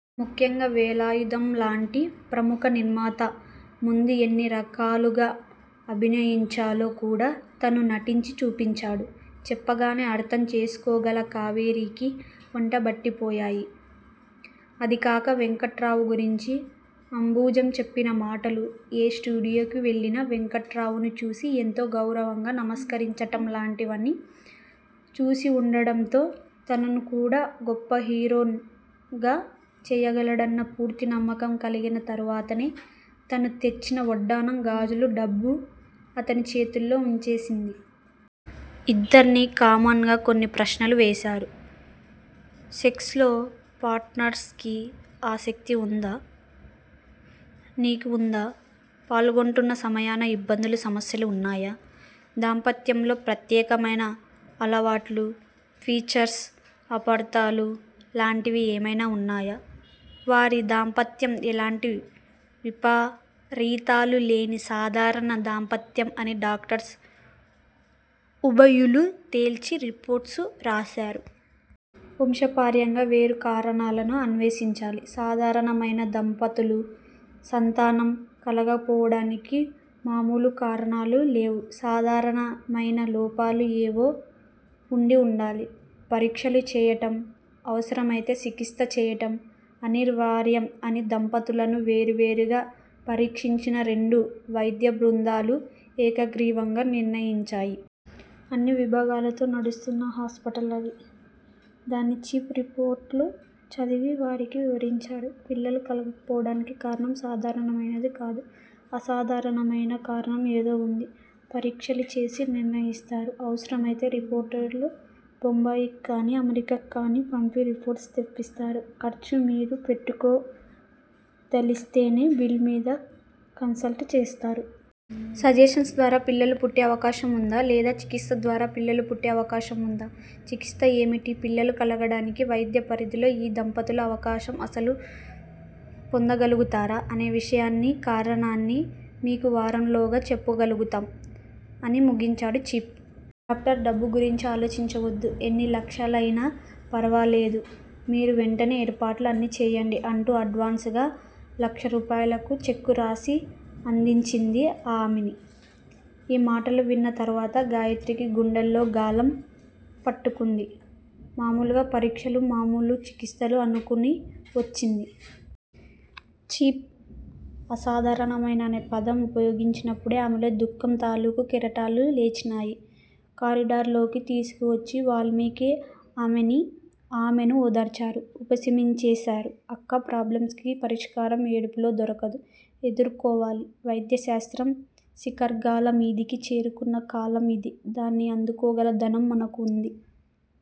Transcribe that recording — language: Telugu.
ముఖ్యంగా వేలాయుధంలాంటి ప్రముఖ నిర్మాత ముందు ఎన్ని రకాలుగా అభినయించాలో కూడా తను నటించి చూపించాడు. చెప్పగానే అర్ధం చేసుకోగల కావేరీకి వంటబట్టిపోయాయి. అదీగాక వెంకట్రావుగురించి అంబుజం చెప్పినమాటలు, ఏ స్టూడియోకి వెళ్ళినా వెంకట్రావునిచూసి ఎంతో గౌరవంగా నమస్కరించటం లాంటివన్నీ చూసివుండటంతో తననుకూడా గొప్ప హీరోయిన్ గా చేయగలడన్న పూర్తి నమ్మకం కలిగిన తరువాతనే తను తెచ్చినవడ్డాణం, గాజులు డబ్బూ అతనిచేతుల్లో వుంచేసింది. ఇద్దరిని కామన్ గా కొన్ని ప్రశ్నలు వేశారు. సెక్స్ లో పార్టనర్ కి ఆసక్తి ఉందా? నీకు ఉందా? పాల్గొంటున్న సమయాన ఇబ్బందులు సమస్యలు ఉన్నాయా? దాంపత్యంలో ప్రత్యేకమయిన అలవాట్లు, ఫీచర్స్, అపార్ధాలు లాంటివి ఏమయినా ఉన్నాయా? వారి దాంపత్యం ఎలాంటి విపరీతాలు లేని సాధారణ దాంపత్యం అని డాక్టర్స్ ఉభయులూ తేల్చి రిపోర్ట్సు రాశారు. వంశపారంపర్యంగా వేరు కారణాలను అన్వేషించాలి. సాధారణమయిన దంపతులు, సంతానం కలగపోవటానికి మాములు కారణాలు లేవు. అసాధారణ మయిన లోపాలు ఏవో వుండి ఉండాలి! పరీక్షలు చేయటం, అవసరమయితే చికిత్స చేయడం అనివార్యం అని దంపతులను వేరు వేరుగా పరీక్షించిన రెండు వైద్య బృందాలు ఏకగ్రీవంగా నిర్ణయించాయి. అన్ని విభాగాలతో నడుస్తున్న హాస్పిటల్ అది. దాని చీఫ్ రిపోర్టులు చదివి వారికి వివరించాడు. పిల్లలు కలగకపోవటానికి కారణం సాధారణమయినది కాదు. అసాధారణమయిన కారణం ఏదో వుంది. పరీక్షలు చేసి నిర్ణయిస్తారు. అవసరమయితే రిపోర్టులు బొంబాయికాని అమెరికా కాని పంపి రిపోర్టు తెప్పిస్తారు. ఖర్చు మీరు పెట్టుకోదలిస్తేనే బిల్స్ మీద కన్సల్ట్ చేస్తారు. సజెషన్స్ ద్వారా పిల్లలు పుట్టే అవకాశం వుందా? లేదా? చికిత్స ద్వారా పిల్లలు పుట్టే అవకాశం వుందా? చికిత్స ఏమిటి? పిల్లలు కలగటానికి వైద్య పరిధిలో ఈ దంపతులు అవకాశం అసలు పొందగలుగుతారా? అనే విషయాన్నీ కారణాన్ని మీకు వారంలోగా చెప్పగలుగుతాం అని ముగించాడు చీఫ్. డాక్టర్! డబ్బు గురించి ఆలోచించవద్దు! ఎన్ని లక్షలయినా ఫరవాలేదు. మీరు వెంటనే ఏర్పాట్లు అన్నీ చేయండి! అంటూ అడ్వాన్స్ గా లక్షరూపాయలకు చెక్కురాసి అందించింది ఆమని! ఈ మాటలు విన్న తరువాత గాయత్రికి గుండెల్లో గాలం పట్టుకుంది. మామూలు పరీక్షలు మామూలు చికిత్సలు అనుకుని వచ్చింది. చీఫ్ అసాధారణమయిన అనే పదం ఉపయోగించినప్పుడే ఆమెలో దుఃఖం తాలూకు కెరటాలు లేచినాయి. కారిడార్ లోకి తీసుకువచ్చి వాల్మీకి ఆమని ఆమెను ఓదార్చారు. ఉపశమింపచేశారు. అక్కా! ప్రాబ్లంస్ కి పరిష్కారం ఏడుపులో దొరకదు. ఎదుర్కోవాలి! వైద్య శాస్త్రం శిఖరాగ్రాల మీదికి చేరుకున్న కాలం ఇది! దాన్ని అందుకోగల ధనం మనకు వుంది.